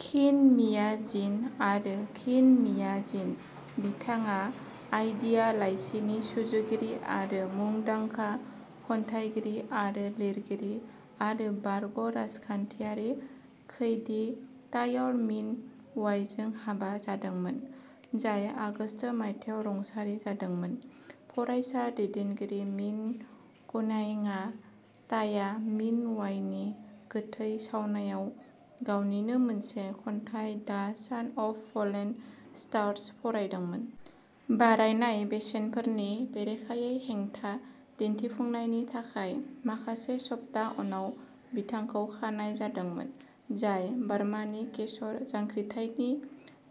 खिन मिया जिन आरो खिन मिया जिन। बिथाङा आइडिया लाइसिनि सुजुगिरि आरो मुंदांखा खन्थाइगिरि आरो लिरगिरि आरो बारग' राजखान्थियारि खैदी तायर मिन अवाइजों हाबा जादोंमोन, जाय आगस्त मायथाइयाव रुंसारि जादोंमोन। फरायसा दैदेनगिरि मिन क'नाइंआ ताया मिन वाइनि गोथै सावनायाव गावनिनो मोनसे खन्थाइ दा सान अफ फलेन स्टार्स फरायदोंमोन। बारायनाय बेसेनफोरनि बेरेखायै हेंथा दिन्थिफुंनायनि थाखाय माखासे सप्ता उनाव बिथांखौ खानाय जादोंमोन, जाय बार्मानि केसर जांख्रिथायनि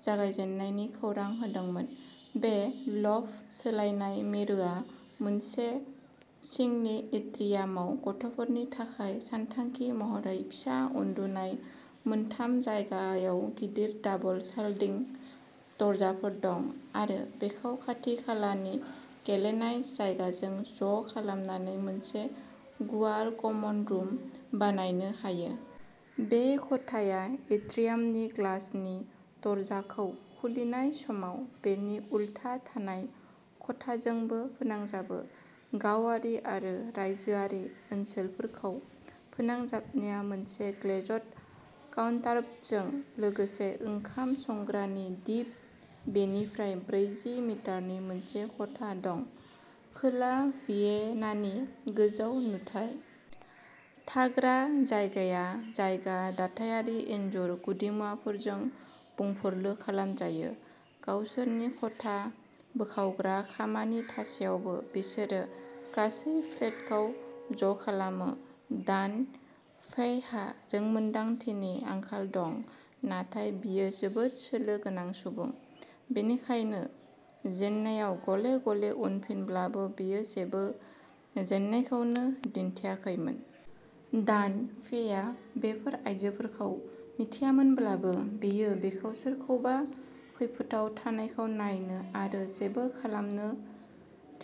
जागायजेन्नायनि खौरां होदोंमोन। बे लफ्ट सोलायनाय मिरुआ मोनसे सिंनि एट्रियामाव। गथ'फोरनि थाखाय सानथांखि महरै फिसा उन्दुनाय मोनथाम जायगायाव गिदिर दाबल स्लाइडिं दरजाफोर दं आरो बेखौ खाथि-खालानि गेलेनाय जायगाजों ज'खालामनानै मोनसे गुवार कमन रुम बानायनो हायो। बे खथाया एट्रियामनि ग्लासनि दरजाखौ खुलिनाय समाव बिनि उल्था थानाय खथाजोंबो फोनांजाबो। गावारि आरो रायजोआरि ओनसोलफोरखौ फोनांजाबनाया मोनसे ग्लेज्ड काउन्टारटपजों लोगोसे ओंखाम संग्रानि दिप बेनिफ्राय ब्रैजि मिटारनि मोनसे खथा दं। खोला भियेनानि गोजौ नुथाय। थाग्रा जायगाया जायगा दाथायारि इनजुर गुदिमुवाफोरजों बुंफुरलु खालामजायो। गावसोरनि खथा बोखावग्रा खामानि थासेयावबो बिसोरो गासै फ्लेटखौ ज'खालामो। दान फेइहा रोंमोन्दांथिनि आंखाल दं, नाथाय बियो जोबोद सोलो गोनां सुबुं। बेनिखायनो, जेननायाव गले-गले उनफिनब्लाबो, बेयो जेबो जेननायखौ दिन्थियाखैमोन। दान फेइआ बेफोर आइजोफोरखौ मिथियामोनब्लाबो, बियो बिखौ सोरखौबा खैफोदआव थानायखौ नायनो आरो जेबो खालामनो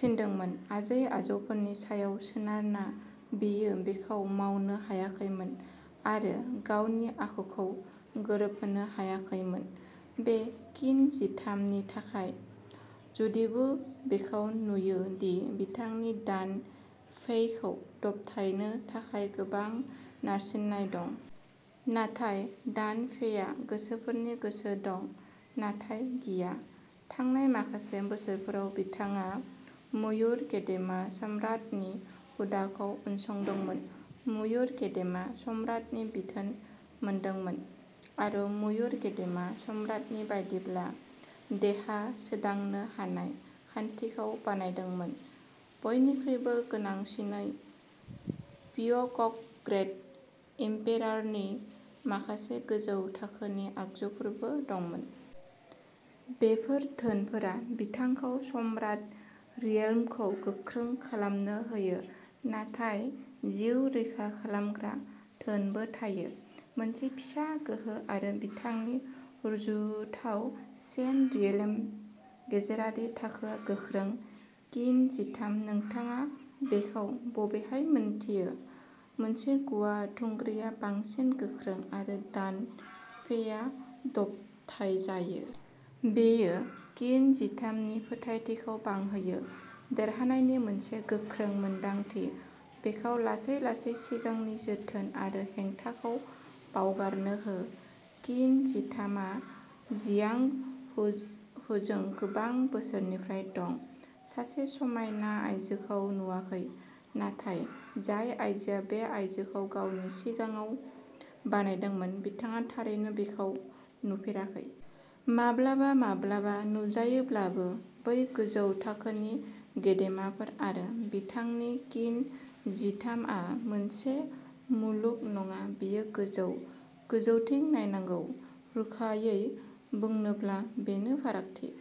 थिनदोंमोन, आजै-आजौफोरनि सायाव सोनारना, बियो बेखौ मावनो हायाखैमोन आरो गावनि आखुखौ गोरोबहोनो हायाखैमोन। बे किन जिथाम नि थाखाय, जुदिबो बेखौ नुयो दि बिथांनि दान फेइखौ दबथायनो थाखाय गोबां नारसिननाय दं। नाथाय दान फेइहा गोसोफोरनि गोसो दं, नाथाय गिया। थांनाय माखासे बोसोरफोराव, बिथाङा मयुर गेदेमा सम्राटनि हुदाखौ उनसंदोंमोन, मयुर गेदेमा सम्राटनि बिथोन मोनदोंमोन, आरो मयुर गेदेमा सम्राटनि बायदिब्ला देहा सोदांनो हानाय खान्थिखौ बानायदोंमोन। बयनिख्रुइबो गोनांसिनै, पिअक'क ग्रेट एम्पेरारनि माखासे गोजौ थाखोनि आगजुफोरबो दंमोन। बेफोर धोनफोरा, बिथांखौ सम्राट रियेल्मखौ गोख्रों खालामनो होयो, नाथाय जिउ रैखा खालामग्रा धोनबो थायो, मोनसे फिसा गोहो आरो बिथांनि रुजुथाव सेन्ट रियेल्म गेजेरारि थाखोआ गोख्रों। किन जिथाम, नोंथाङा बेखौ बबेहाय मिन्थियो? मोनसे गुवार थुंग्रिआ बांसिन गोख्रों आरो दान फेइआ दबथायजायो। बेयो किन जिथाम नि फोथायथिखौ बांहोयो, देरहानायनि मोनसे गोख्रों मोनदांथि, बिखौ लासै-लासै सिगांनि जोथोन आरो हेंथाखौ बावगारनो हो। किन जिथाम आ जियांग हुजों गोबां बोसोरनिफ्राय दं, सासे समायना आयजोखौ नुवाखै। नाथाय जाय आइजोआ बे आयजोखौ गावनि सिगाङाव बानायदोंमोन, बिथाङा थारैनो बेखौ नुफेराखै। माब्लाबा-माब्लाबा नुजायोब्लाबो, बै गोजौ थाखोनि गेदेमाफोर आरो बिथांनि किन जिथाम आ मोनसे मुलुग नङा बेयो गोजौ, गोजौथिं नायनांगौ। रोखायै बुंनोब्ला, बेनो फारागथि।